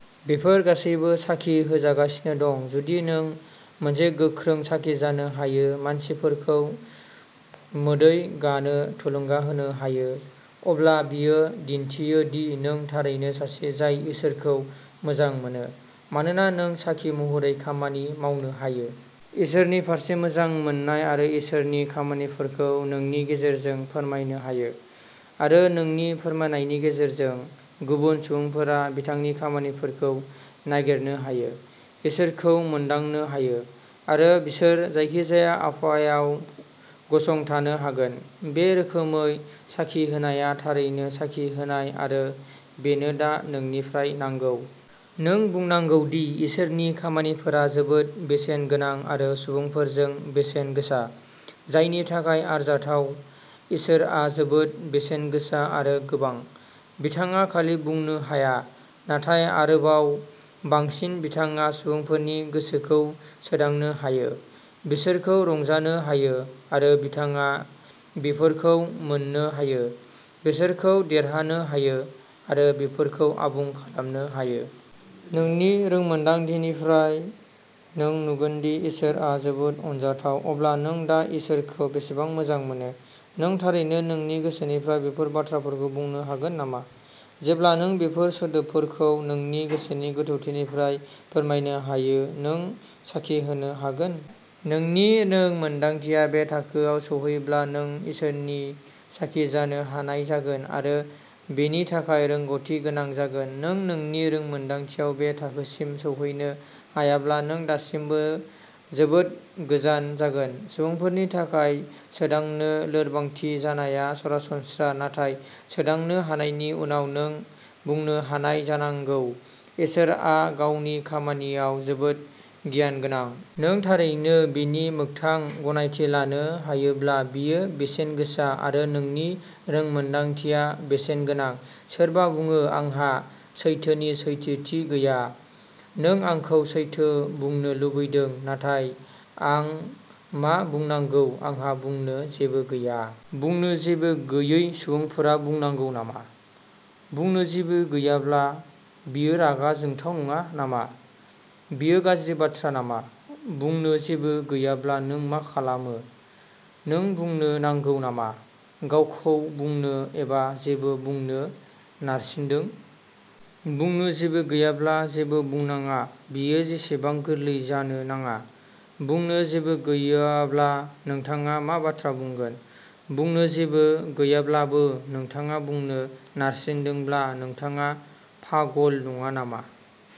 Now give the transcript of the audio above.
बेफोर गासैबो साखि होजागासिनो दं। जुदि नों मोनसे गोख्रों साखि जानो हायो, मानसिफोरखौ मोदै गानो थुलुंगा होनो हायो, अब्ला बेयो दिन्थियो दि नों थारैनो सासे जाय इसोरखौ मोजां मोनो। मानोना नों साखि महरै खामानि मावनो हायो। इसोरनि फारसे मोजां मोन्नाय आरो इसोरनि खामानिफोरखौ नोंनि गेजेरजों फोरमायनो हायो। आरो नोंनि फोरमायनायनि गेजेरजों, गुबुन सुबुंफोरा बिथांनि खामानिफोरखौ नागिरनो हायो, इसोरखौ मोनदांनो हायो, आरो बिसोर जायखिजाया आबहावायाव गसंथानो हागोन। बे रोखोमै साखि होनाया थारै साखि होनाय, आरो बेनो दा नोंनिफ्राय नांगौ। नों बुंनांगौदि इसोरनि खामानिफोरा जोबोद बेसेनगोनां आरो सुबुंफोरजों बेसेनगोसा जानायनि थाखाय आरजाथाव, इसोरआ जोबोद बेसेनगोसा आरो गोबां, बिथाङा खालि बुंनो हाया, नाथाय आरोबाव बांसिन बिथाङा सुबुंफोरनि गोसोखौ सोदांनो हायो, बिसोरखौ रंजानो हायो, आरो बिथाङा बेफोरखौ मोन्नो हायो, बिसोरखौ देरहानो हायो, आरो बेफोरखौ आबुं खालामनो हायो। नोंनि रोंमोनदांथिनिफ्राय नों नुगोनदि इसोरआ जोबोद अनजाथाव। अब्ला नों दा इसोरखौ बेसेबां मोजां मोनो? नों थारैनो नोंनि गोसोनिफ्राय बेफोर बाथ्राफोरखौ बुंनो हागोन नामा? जेब्ला नों बेफोर सोदोबफोरखौ नोंनि गोसोनि गोथौनिफ्राय फोरमायनो हायो। नों साखि होनो हागोन। नोंनि रोंमोन्दांथिया बे थाखोआव सौहैब्ला नों इसोरनि साखि जानो हानाय जागोन, आरो बेनि थाखाय रोंग'थि गोनां जागोन। नों नोंनि रोंमोन्दांथियाव बे थाखोसिम सौहैनो हायाब्ला, नों दासिमबो जोबोद गोजान जागोन। सुबुंफोरनि थाखाय सोदांनो लोरबांथि जानाया सरासनस्रा, नाथाय सोदांनो हानायनि उनाव नों बुंनो हानाय जानांगौः "इसोरआ गावनि खामानियाव जोबोद गियानगोनां! " नों थारैनो बेनि मोगथां गनायथि लानो हायोब्ला, बेयो बेसेनगोसा, आरो नोंनि रोंमोन्दांथिया बेसेनगोनां। सोरबा बुङोः "आंहा सैथोनि सैथोथि गैया, नों आंखौ सैथो बुंनो लुबैदों, नाथाय आं मा बुंनांगौ? आंहा बुंनो जेबो गैया। " बुंनो जेबो गैयै सुबुंफोरा बुंनांगोन नामा? बुंनो जेबो गैयाब्ला, बेयो रागा जोंथाव नङा नामा? बेयो गाज्रि बाथ्रा नामा? बुंनो जेबो गैयाब्ला नों मा खालामो? नों बुंनो नांगौ नामा? गावखौ बुंनो एबा जेबो बुंनो नारसिनदों? बुंनो जेबो गैयाब्ला, जेबो बुंनाङा-बेयो एसेबां गोरलै जानो नाङा! बुंनो जेबो गैयाब्ला, नोंथाङा मा बाथ्रा बुंगोन? बुंनो जेबो गैयाब्लाबो, नोंथाङा बुंनो नारसिनदोंब्ला, नोंथाङा पागल नङा नामा?